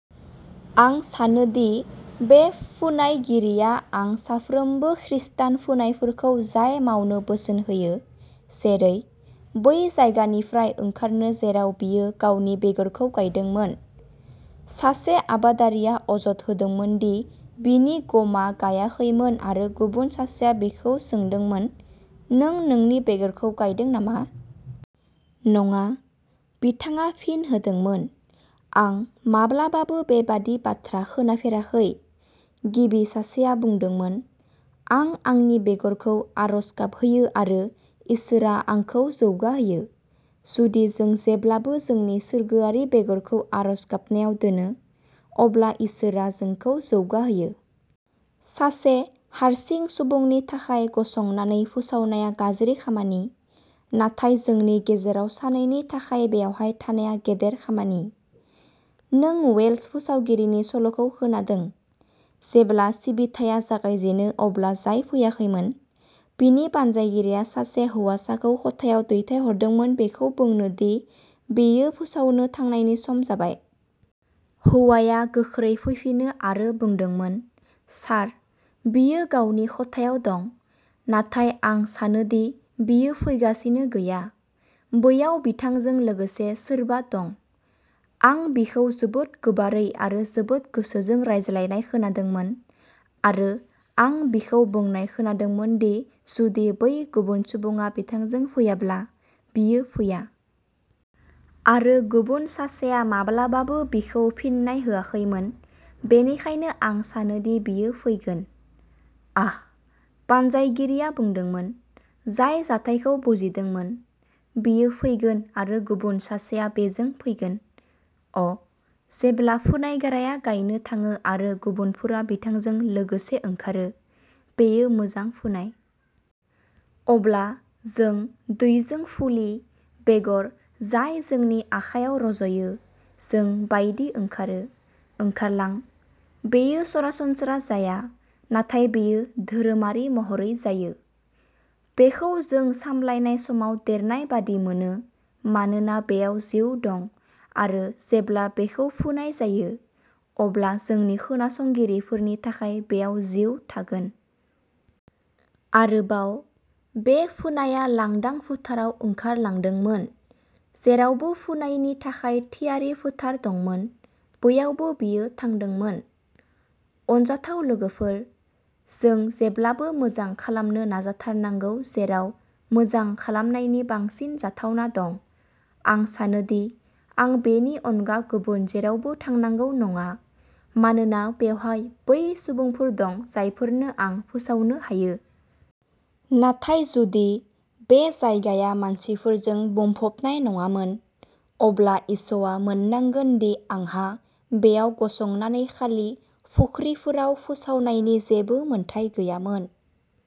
आं सानो दि बे फोनायगिरिया आं साफ्रोमबो खृस्टान फोनायफोरखौ जाय मावनो बोसोन होयो, जेरै, बै जायगानिफ्राय ओंखारनो जेराव बियो गावनि बेगरखौ गायदोंमोन। सासे आबादारिया अजद होदोंमोन दि बिनि गमआ गायाखैमोन आरो गुबुन सासेया बिखौ सोंदोंमोन, "नों नोंनि बेगरखौ गायदों नामा? " "नङा", बिथाङा फिन होदोंमोन, "आं माब्लाबाबो बेबादि बाथ्रा खोनाफेराखै। " गिबि सासेया बुंदोंमोन, "आं आंनि बेगरखौ आर'ज गाबहोयो आरो इसोरआ आंखौ जौगाहोयो। " जुदि जों जेब्लाबो जोंनि सोरगोआरि बेगरखौ आर'ज गाबनायाव दोनो, अब्ला इसोरआ जोंखौ जौगाहोयो। सासे हारसिं सुबुंनि थाखाय गसंनानै फोसावनाया गाज्रि खामानि, नाथाय जोंनि गेजेराव सानैनि थाखाय बेवहाय थानाया गेदेर खामानि। नों वेल्श फोसावगिरिनि सल'खौ खोनादों। जेब्ला सिबिथाया जागायजेनो अब्ला जाय फैयाखैमोन, बिनि बानजायगिरिया सासे हौवासाखौ खथायाव दैथायहरदोंमोन बेखौ बुंनो दि बेयो फोसावनो थांनायनि सम जाबाय। हौवाया गोख्रै फैफिनो आरो बुंदोंमोन, "सार, बियो गावनि खथायाव दं, नाथाय आं सानो दि बियो फैगासिनो गैया। बैयाव बिथांजों लोगोसे सोरबा दं। आं बिखौ जोबोद गोबारै आरो जोबोद गोसोजों रायज्लायनाय खोनादोंमोन, आरो आं बिखौ बुंनाय खोनादोंमोन दि जुदि बै गुबुन सुबुङा बिथांजों फैयाब्ला, बियो फैया! आरो गुबुन सासेया माब्लाबाबो बिखौ फिननाय होआखैमोन, बेनिखायनो आं सानो दि बियो फैगोन। " "आह", बानजायगिरिया बुंदोंमोन, जाय जाथायखौ बुजिदोंमोन, "बियो फैगोन आरो गुबुन सासेआ बेजों फैगोन! " अ, जेब्ला फोनायग्राया गायनो थाङो आरो गुबुनफोरा बिथांजों लोगोसे ओंखारो, बेयो मोजां फोनाय! अब्ला जों दैजों फुलि, बेगर जाय जोंनि आखायाव रज'यो, जों बायदि ओंखारो! ओंखारलां! बेयो सरासनस्रा जाया, नाथाय बेयो धोरोमारि महरै जायो। बेखौ जों सामलायनाय समाव देरनाय बादि मोनो, मानोना बेयाव जिउ दं-आरो जेब्ला बेखौ फोनाय जायो, अब्ला जोंनि खोनासंगिरिफोरनि थाखाय बेयाव जिउ थागोन! आरोबाव, बे फोनायआ लांदां फोथाराव ओंखारलांदोंमोन। जेरावबो फोनायनि थाखाय थियारि फोथार दंमोन, बैयावबो बियो थांदोंमोन। अनजाथाव लोगोफोर, जों जेब्लाबो मोजां खालामनो नाजाथारनांगौ जेराव मोजां खालामनायनि बांसिन जाथावना दं। आं सानो दि आं बेनि अनगा गुबुन जेरावबो थांनांगौ नङा, मानोना बेवहाय बै सुबुंफोर दं जायफोरनो आं फोसावनो हायो। नाथाय जुदि बे जायगाया मानसिफोरजों बुंफबनाय नङामोन, अब्ला इश'आ मोननांगोन दि आंहा बेयाव गसंनानै खालि फुख्रिफोराव फोसावनायनि जेबो मोनथाय गैयामोन।